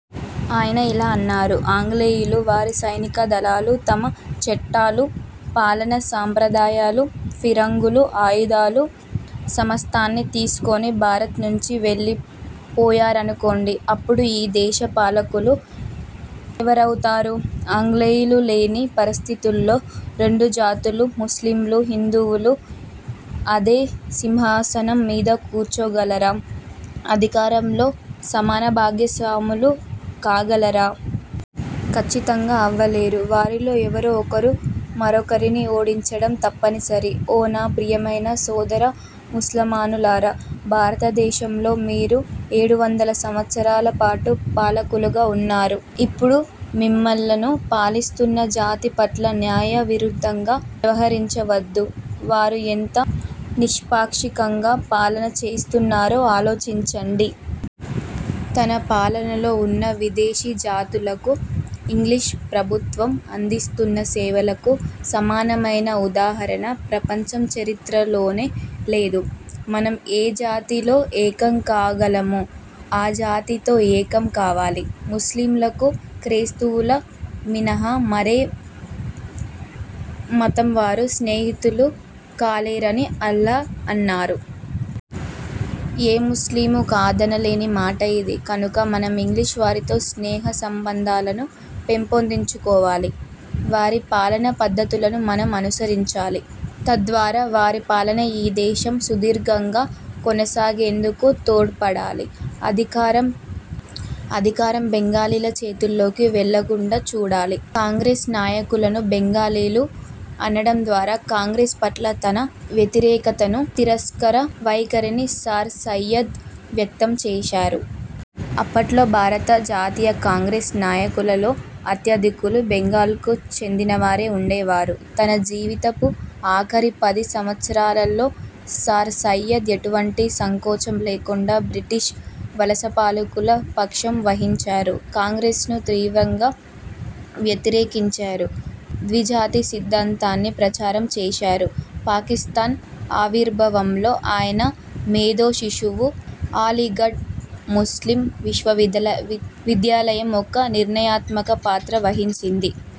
ఆయన ఇలా అన్నారు. 'ఆంగ్లేయులు, వారి సైనికదళాలు తమ చట్టాలు, పాలనా సంప్రదాయాలు, ఫిరంగులు, ఆయుధాలు సమస్తాన్నీ తీసుకొని భారత్ నుంచి వెళ్ళిపోయారనుకోండి. అప్పుడు ఈ దేశపాలకులు ఎవరవుతారు? ఆంగ్లేయులు లేని పరిస్థితుల్లో రెండు జాతులు– ముస్లింలు, హిందువులు అదే సింహాసనం మీద కూర్చోగలరా? అధికారంలో సమానభాగస్వాములు కాగలరా? ఖచ్చితంగా అవ్వలేరు. వారిలో ఎవరో ఒకరు మరొకరిని ఓడించడం తప్పనిసరి ఓ నా ప్రియమైన సోదర ముస్లమానులారా, భారతదేశంలో మీరు ఏడువందల సంవత్సరాల పాటు పాలకులుగా వున్నారు. ఇప్పుడు మిమ్ములను పాలిస్తున్న జాతిపట్ల న్యాయ విరుద్ధంగా వ్యవహరించవద్దు. వారు ఎంత నిష్పాక్షికంగా పాలన చేస్తున్నారో ఆలోచించండి. తన పాలనలో వున్న విదేశీ జాతులకు ఇంగ్లీష్ ప్రభుత్వం అందిస్తున్న సేవలకు సమానమైన ఉదాహరణ ప్రపంచ చరిత్రలోనే లేదు'. మనం ఏ జాతిలో ఏకం కాగలమో ఆ జాతితో ఏకం కావాలి. ముస్లింలకు క్రైస్తవుల మినహా మరే మతం వారు స్నేహితులు కాలేరని అల్లా అన్నారు. ఏ ముస్లిమూ కాదనలేని మాట ఇది. కనుక మనం ఇంగ్లీష్ వారితో స్నేహ సంబంధాలను పెంపొందించుకోవాలి. వారి పాలనా పద్ధతులను మనం అనుసరించాలి. తద్వారా వారి పాలన ఈ దేశం సుదీరంగా కొనసాగేందుకు తోడ్పడాలి. అధికారం బెంగాలీల చేతుల్లోకి వెళ్ళకుండా చూడాలి'. కాంగ్రెస్ నాయకులను 'బెంగాలీలు' అనడం ద్వారా కాంగ్రెస్ పట్ల తన వ్యతిరేకతను, తిరస్కార వైఖరిని సర్ సయ్యద్ వ్యక్తం చేశారు. అప్పట్లో భారత జాతీయ కాంగ్రెస్ నాయకులలో అత్యధికులు బెంగాల్కు చెందినవారే వుండేవారు. తన జీవితపు ఆఖరి పది సంవత్పరాలలో సర్ సయ్యద్ ఎటువంటి సంకోచం లేకుండా బ్రిటిష్ వలసపాలకుల పక్షం వహించారు. కాంగ్రెస్ను తీవ్రంగా వ్యతిరేకించారు. ద్విజాతి సిద్ధాంతాన్ని ప్రచారం చేశారు. పాకిస్థాన్ ఆవిర్భావంలో ఆయన మేధో శిశువు అలీగఢ్ ముస్లిమ్ విశ్వవిద్యాలయం ఒక నిర్ణయాత్మక పాత్ర వహించింది.